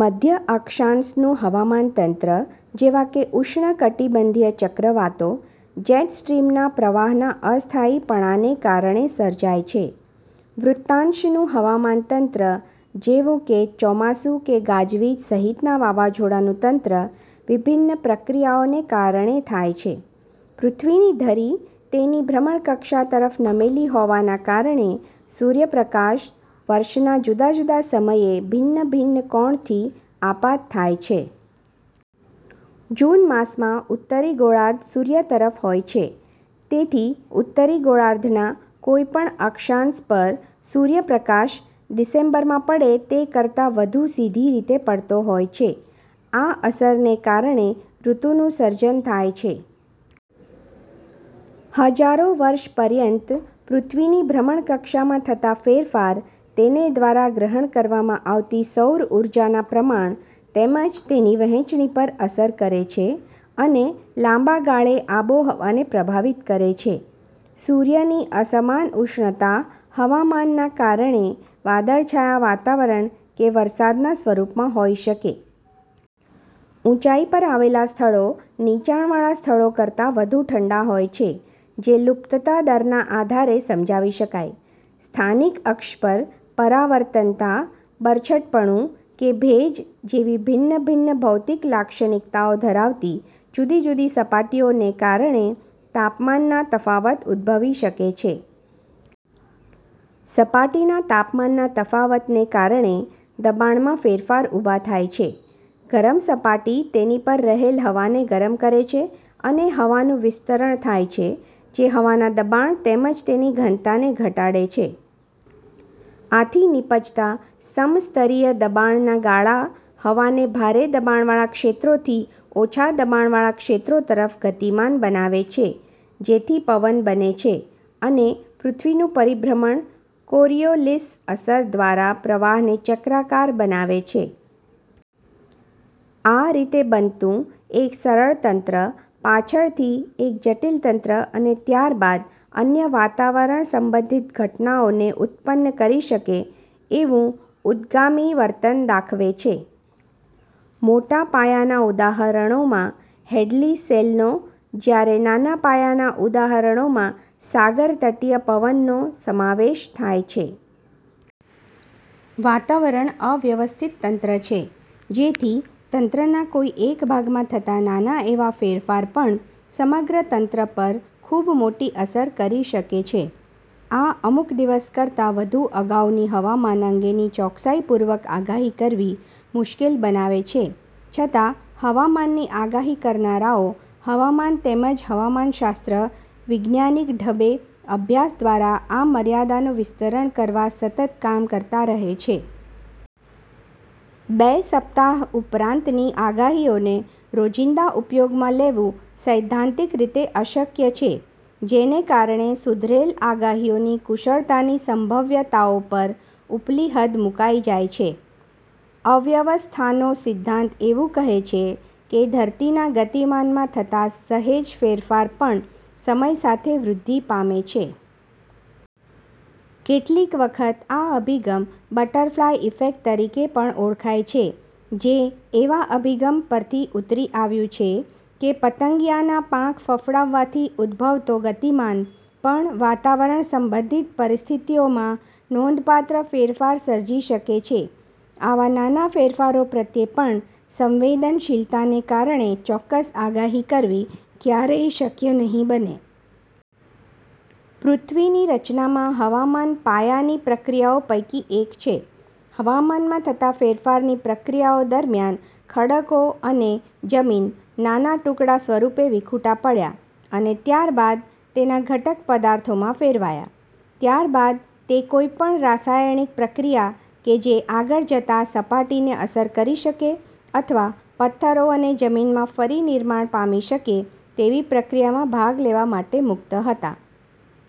મધ્ય-અક્ષાંશનુ હવામાન તંત્ર, જેવાકે ઉષ્ણકટીબંધીય ચક્રવાતો, જેટ સ્ટ્રીમના પ્રવાહના અસ્થાયીપણાને કારણે સર્જાય છે. વૃત્તાંષનુ હવામાન તંત્ર, જેવું કે ચોમાસુ કે ગાજ-વીજ સહિતના વાવાઝોડાનું તંત્ર, વિભિન્ન પ્રક્રિયાઓને કારણે થાય છે. પૃથ્વીની ધરી તેની ભ્રમણ કક્ષા તરફ નમેલી હોવાના કારણે સૂર્યપ્રકાશ વર્ષના જુદા જુદા સમયે ભિન્ન-ભિન્ન કોણથી આપાત થાય છે. જૂન માસમાં ઉત્તરી ગોળાર્ધ સૂર્ય તરફ હોય છે, તેથી ઉત્તરી ગોળાર્ધના કોઈ પણ અક્ષાંશ પર સૂર્ય પ્રકાશ ડિસેમ્બરમાં પડે તે કરતા વધુ સીધી રીતે પડતો હોય છે. આ અસરને કારણે ઋતુનું સર્જન થાય છે. હજારો વર્ષપર્યંત, પૃથ્વીની ભ્રમણકક્ષામાં થતા ફેરફાર તેને દ્વારા ગ્રહણ કરવામાં આવતી સૌર ઊર્જાના પ્રમાણ તેમજ તેની વહેંચણી પર અસર કરે છે અને લાંબા ગાળે આબોહવાને પ્રભાવિત કરે છે. સૂર્ય ની અસમાન ઉષ્ણતા હવામાનના કારણે વાદળછાયા વાતાવરણ કે વરસાદના સ્વરૂપમાં હોઈ શકે. ઊંચાઈ પર આવેલા સ્થળો નીચાણવાળા સ્થળો કરતા વધુ ઠંડા હોય છે, જે લુપ્તતા દરના આધારે સમજાવી શકાય. સ્થાનિક અક્ષ પર, પરાવર્તનતા, બરછટપણું કે ભેજ જેવી ભિન્ન ભિન્ન ભૌતિક લાક્ષણિકતાઓ ધરાવતી જુદી જુદી સપાટીઓ ને કારણે તાપમાનના તફાવત ઉદભવી શકે છે. સપાટીના તાપમાનના તફાવતને કારણે દબાણમાં ફેરફાર ઉભા થાય છે. ગરમ સપાટી તેની પર રહેલ હવાને ગરમ કરે છે અને હવાનું વિસ્તરણ થાય છે જે હવાના દબાણ તેમજ તેની ઘનતાને ઘટાડે છે. આથી નીપજતા સમસ્તરીય દબાણના ગાળા હવાને ભારે દબાણવાળા ક્ષેત્રો થી ઓછા દબાણવાળા ક્ષેત્રો તરફ ગતિમાન બનાવે છે, જેથી પવન બને છે, અને પૃથ્વીનું પરીભ્રમણ કોરિઓલિસ અસર દ્વારા પ્રવાહને ચક્રાકાર બનાવે છે. આ રીતે બનતું એક સરળ તંત્ર પાછળથી એક જટિલ તંત્ર અને ત્યારબાદ અન્ય વાતાવરણ સંબંધિત ઘટનાઓને ઉત્પન્ન કરી શકે તેવું ઉદ્ગામી વર્તન દાખવે છે. મોટાપાયાના ઉદાહરણોમાં હેડ્લી સેલ નો, જ્યારે નાના પાયાના ઉદાહરણોમાં સાગરતટીય પવનનો સમાવેશ થાય છે. વાતાવરણ અવ્યવસ્થિત તંત્ર છે, જેથી તંત્રના કોઈ એક ભાગમાં થતા નાના એવા ફેરફાર પણ સમગ્ર તંત્ર પર ખૂબ મોટી અસર કરી શકે છે. આ અમુક દિવસ કરતા વધુ અગાઉની હવામાન અંગેની ચોકસાઈપૂર્વક આગાહી કરવી મુશ્કેલ બનાવે છે, છતા હવામાનની આગાહી કરનારાઓ હવામાન તેમજ હવામાનશાસ્ત્ર વિજ્ઞાનિક ઢબે અભ્યાસ દ્વારા આ મર્યાદાનું વિસ્તરણ કરવા સતત કામ કરતા રહે છે. બે સપ્તાહ ઉપરાંતની આગહીઓને રોજીંદા ઉપયોગમાં લેવુ સૈદ્ધાંતિક રીતે અશક્ય છે, જેને કારણે સુધરેલ આગાહીઓની કુશળતાની સંભાવ્યતાઓ પર ઉપલી હદ મુકાઈ જાય છે. અવ્યવસ્થાનો સિદ્ધાંત એવુ કહે છે કે ધરતીના ગતિમાનમાં થતા સહેજ ફેરફાર પણ સમય સાથે વૃદ્ધિ પામે છે. કેટલીક વખત આ અભિગમ બટરફ્લાય ઈફેક્ટ તરીકે પણ ઓળખાય છે, જે એવા અભિગમ પરથી ઉતરી આવ્યું છે કે પતંગિયાના પાંખ ફફડાવવાથી ઉદભવતો ગતિમાન પણ વાતાવરણ સંબંધિત પરિસ્થિતિઓમાં નોંધપાત્ર ફેરફાર સર્જી શકે છે. આવા નાના ફેરફારો પ્રત્યે પણ સંવેદનશીલતાને કારણે ચોક્કસ આગાહી કરવી ક્યારેય શક્ય નહીં બને. પૃથ્વીની રચનામાં હવામાન પાયાની પ્રક્રિયાઓ પૈકી એક છે. હવામાનમાં થતા ફેરફારની પ્રક્રિયાઓ દરમિયાન ખડકો અને જમીન નાના ટુકડા સ્વરૂપે વિખુટા પડ્યા અને ત્યારબાદ તેના ઘટક પદાર્થોમાં ફેરવાયા. ત્યારબાદ તે કોઈપણ રાસાયણિક પ્રક્રિયા કે જે આગળ જતા સપાટીને અસર કરી શકે અથવા પથ્થરો અને જમીનમાં ફરી નિર્માણ પામી શકે તેવી પ્રક્રિયામાં ભાગ લેવા માટે મુક્ત હતા.